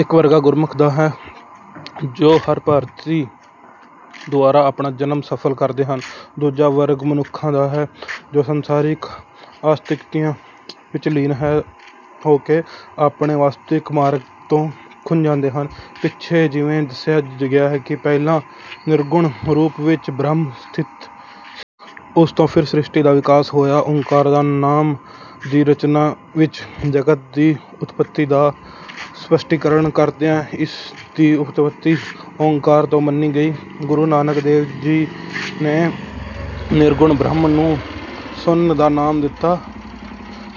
ਇੱਕ ਵਰਗ ਗੁਰਮੁਖਾਂ ਦਾ ਹੈ, ਜੋ ਹਰਿ-ਭਗਤੀ ਦੁਆਰਾ ਆਪਣਾ ਜਨਮ ਸਫ਼ਲ ਕਰਦੇ ਹਨ। ਦੂਜਾ ਵਰਗ ਮਨਮੁਖਾਂ ਦਾ ਹੈ, ਜੋ ਸੰਸਾਰਿਕ ਆਸਕਤੀਆਂ ਵਿੱਚ ਲੀਨ ਹੋ ਕੇ ਆਪਣੇ ਵਾਸਤਵਿਕ ਮਾਰਗ ਤੋਂ ਖੁੰਝ ਜਾਂਦੇ ਹਨ। ਪਿੱਛੇ ਜਿਵੇਂ ਦੱਸਿਆ ਗਿਆ ਹੈ ਕਿ ਪਹਿਲਾਂ ਨਿਰਗੁਣ ਰੂਪ ਵਿੱਚ ਬ੍ਰਹਮ ਸਥਿਤ ਸੀ। ਉਸੇ ਤੋਂ ਫਿਰ ਸ੍ਰਿਸ਼ਟੀ ਦਾ ਵਿਕਾਸ ਹੋਇਆ। ‘ਓਅੰਕਾਰ’ ਨਾਮ ਦੀ ਰਚਨਾ ਵਿੱਚ ਜਗਤ ਦੀ ਉਤਪੱਤੀ ਦਾ ਸਪੱਸ਼ਟੀਕਰਨ ਕਰਦਿਆਂ ਇਸ ਦੀ ਉਤਪੱਤੀ ‘ਓਅੰਕਾਰ’ ਤੋਂ ਮੰਨੀ ਗਈ ਹੈ। ਗੁਰੂ ਨਾਨਕ ਦੇਵ ਜੀ ਨੇ ਨਿਰਗੁਣ ਬ੍ਰਹਮ ਨੂੰ ‘ਸੁੰਨ’ ਦਾ ਨਾਮ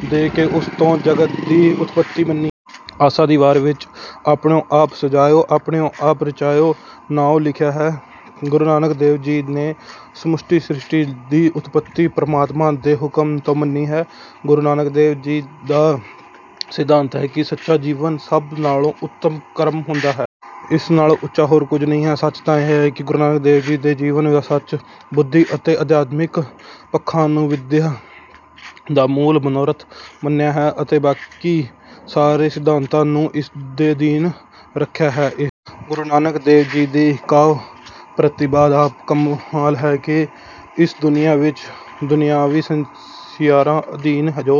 ਦੇ ਕੇ ਉਸ ਤੋਂ ਜਗਤ ਦੀ ਉਤਪੱਤੀ ਮੰਨੀ ਹੈ। ‘ਆਸਾ ਦੀ ਵਾਰ’ ਵਿੱਚ ਵੀ “ਆਪੀਨ੍ਹੈ ਆਪੁ ਸਾਜਿਓ, ਆਪੀਨ੍ਹੈ ਰਚਿਓ ਨਾਉ” ਲਿਖਿਆ ਹੈ। ਗੁਰੂ ਨਾਨਕ ਦੇਵ ਜੀ ਨੇ ਸਮੁੱਚੀ ਸ੍ਰਿਸ਼ਟੀ ਦੀ ਉਤਪੱਤੀ ਪਰਮਾਤਮਾ ਦੇ ਹੁਕਮ ਤੋਂ ਮੰਨੀ ਹੈ। ਗੁਰੂ ਨਾਨਕ ਦੇਵ ਜੀ ਦਾ ਸਿਧਾਂਤ ਹੈ ਕਿ ਸੱਚਾ ਜੀਵਨ ਸਭ ਨਾਲੋਂ ਉੱਤਮ ਕਰਮ ਹੁੰਦਾ ਹੈ। ਇਸ ਨਾਲੋਂ ਉੱਚਾ ਹੋਰ ਕੁਝ ਨਹੀਂ। ਸੱਚ ਤਾਂ ਇਹ ਹੈ ਕਿ ਗੁਰੂ ਨਾਨਕ ਦੇਵ ਜੀ ਨੇ ਜੀਵਨ ਦੇ ਸੱਚ, ਬੁੱਧੀ ਅਤੇ ਅਧਿਆਤਮਿਕ ਪੱਖਾਂ ਨੂੰ ਵਿਦਿਆ ਦਾ ਮੂਲ ਮਨੋਰਥ ਮੰਨਿਆ ਹੈ ਅਤੇ ਬਾਕੀ ਸਾਰੇ ਸਿਧਾਂਤਾਂ ਨੂੰ ਇਸ ਦੇ ਅਧੀਨ ਰੱਖਿਆ ਹੈ। ਇਹ ਗੁਰੂ ਨਾਨਕ ਦੇਵ ਜੀ ਦੀ ਕਾਵਿ-ਪ੍ਰਤਿਭਾ ਦਾ ਕਮਾਲ ਹੈ ਕਿ ਇਸ ਦੁਨੀਆ ਵਿੱਚ ਦੁਨਿਆਵੀ ਮਿਆਰਾਂ ਅਧੀਨ ਜੋ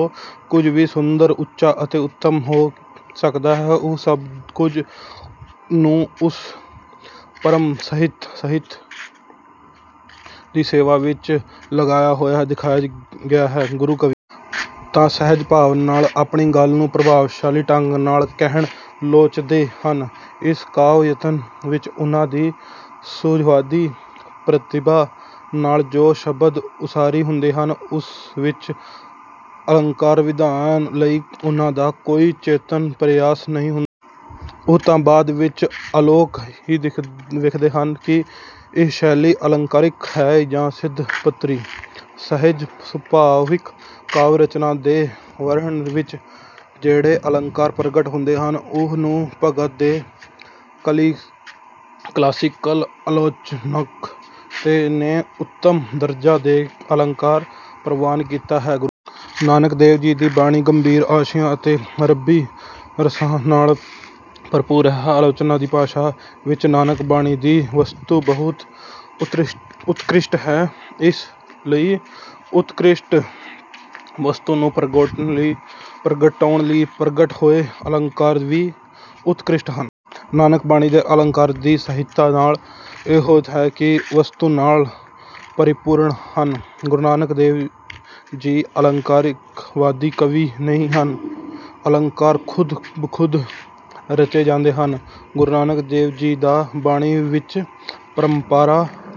ਕੁਝ ਵੀ ਸੁੰਦਰ, ਉੱਚਾ ਅਤੇ ਉੱਤਮ ਹੋ ਸਕਦਾ ਹੈ, ਉਸ ਸਭ ਕੁਝ ਨੂੰ ਉਸ ਪਰਮ ਸਤਿ-ਹਸਤੀ ਦੀ ਸੇਵਾ ਵਿੱਚ ਲੱਗਿਆ ਹੋਇਆ ਦਿਖਾਇਆ ਗਿਆ ਹੈ। ਗੁਰੂ-ਕਵੀ ਤਾਂ ਸਹਿਜ-ਭਾਵ ਨਾਲ ਆਪਣੀ ਗੱਲ ਨੂੰ ਪ੍ਰਭਾਵਸ਼ਾਲੀ ਢੰਗ ਨਾਲ ਕਹਿਣਾ ਲੋਚਦੇ ਹਨ। ਇਸ ਕਾਵਿ-ਯਤਨ ਵਿੱਚ ਉਨ੍ਹਾਂ ਦੀ ਸੁਹਜਵਾਦੀ ਪ੍ਰਤਿਭਾ ਨਾਲ ਜੋ ਸ਼ਬਦ-ਉਸਾਰੀ ਹੁੰਦੀ ਹੈ, ਉਸ ਵਿੱਚ ਅਲੰਕਾਰ-ਵਿਧਾਨ ਲਈ ਉਨ੍ਹਾਂ ਦਾ ਕੋਈ ਚੇਤਨ ਪ੍ਰਯਾਸ ਨਹੀਂ ਹੁੰਦਾ। ਇਹ ਤਾਂ ਬਾਅਦ ਵਿੱਚ ਆਲੋਚਕ ਹੀ ਵੇਖਦੇ ਹਨ ਕਿ ਇਹ ਸ਼ੈਲੀ ਅਲੰਕਾਰਿਕ ਹੈ ਜਾਂ ਸਿੱਧ-ਪੱਧਰੀ। ਸਹਿਜ-ਸੁਭਾਵਿਕ ਕਾਵਿ-ਰਚਨਾ ਦੇ ਵਹਿਣ ਵਿੱਚ ਜਿਹੜੇ ਅਲੰਕਾਰ ਪ੍ਰਗਟ ਹੁੰਦੇ ਹਨ, ਉਨ੍ਹਾਂ ਨੂੰ ਹੀ ਭਾਰਤ ਦੇ ਕਲਾਸੀਕਲ ਆਲੋਚਕਾਂ ਨੇ ਉੱਤਮ ਦਰਜੇ ਦੇ ਅਲੰਕਾਰ ਪ੍ਰਵਾਨ ਕੀਤਾ ਹੈ। ਗੁਰੂ ਨਾਨਕ ਦੇਵ ਜੀ ਦੀ ਬਾਣੀ ਗੰਭੀਰ ਆਸ਼ਿਆਂ ਅਤੇ ਰੱਬੀ ਰਹੱਸਾਂ ਨਾਲ ਭਰਪੂਰ ਹੈ। ਆਲੋਚਨਾ ਦੀ ਭਾਸ਼ਾ ਵਿੱਚ ਨਾਨਕ-ਬਾਣੀ ਦੀ ਵਸਤੂ ਬਹੁਤ ਉਤਕ੍ਰਿਸ਼ਟ ਹੈ। ਇਸ ਲਈ ਉਤਕ੍ਰਿਸ਼ਟ ਵਸਤੂ ਨੂੰ ਪ੍ਰਗਟਾਉਣ ਲਈ ਪ੍ਰਗਟ ਹੋਏ ਅਲੰਕਾਰ ਵੀ ਉਤਕ੍ਰਿਸ਼ਟ ਹਨ। ਨਾਨਕ-ਬਾਣੀ ਦੇ ਅਲੰਕਾਰਾਂ ਦੀ ਮਹਾਨਤਾ ਦਾ ਰਾਜ ਇਹੋ ਹੈ ਕਿ ਉਹ ਵਸਤੂ ਨਾਲ ਪਰਿਪੂਰਨ ਹਨ। ਗੁਰੂ ਨਾਨਕ ਦੇਵ ਜੀ ਅਲੰਕਾਰਵਾਦੀ ਕਵੀ ਨਹੀਂ ਹਨ। ਅਲੰਕਾਰ ਖ਼ੁਦ-ਬ-ਖ਼ੁਦ ਰਚੇ ਜਾਂਦੇ ਹਨ। ਗੁਰੂ ਨਾਨਕ ਦੇਵ ਜੀ ਦੀ ਬਾਣੀ ਵਿੱਚ ਪਰੰਪਰਾ ਤੋਂ…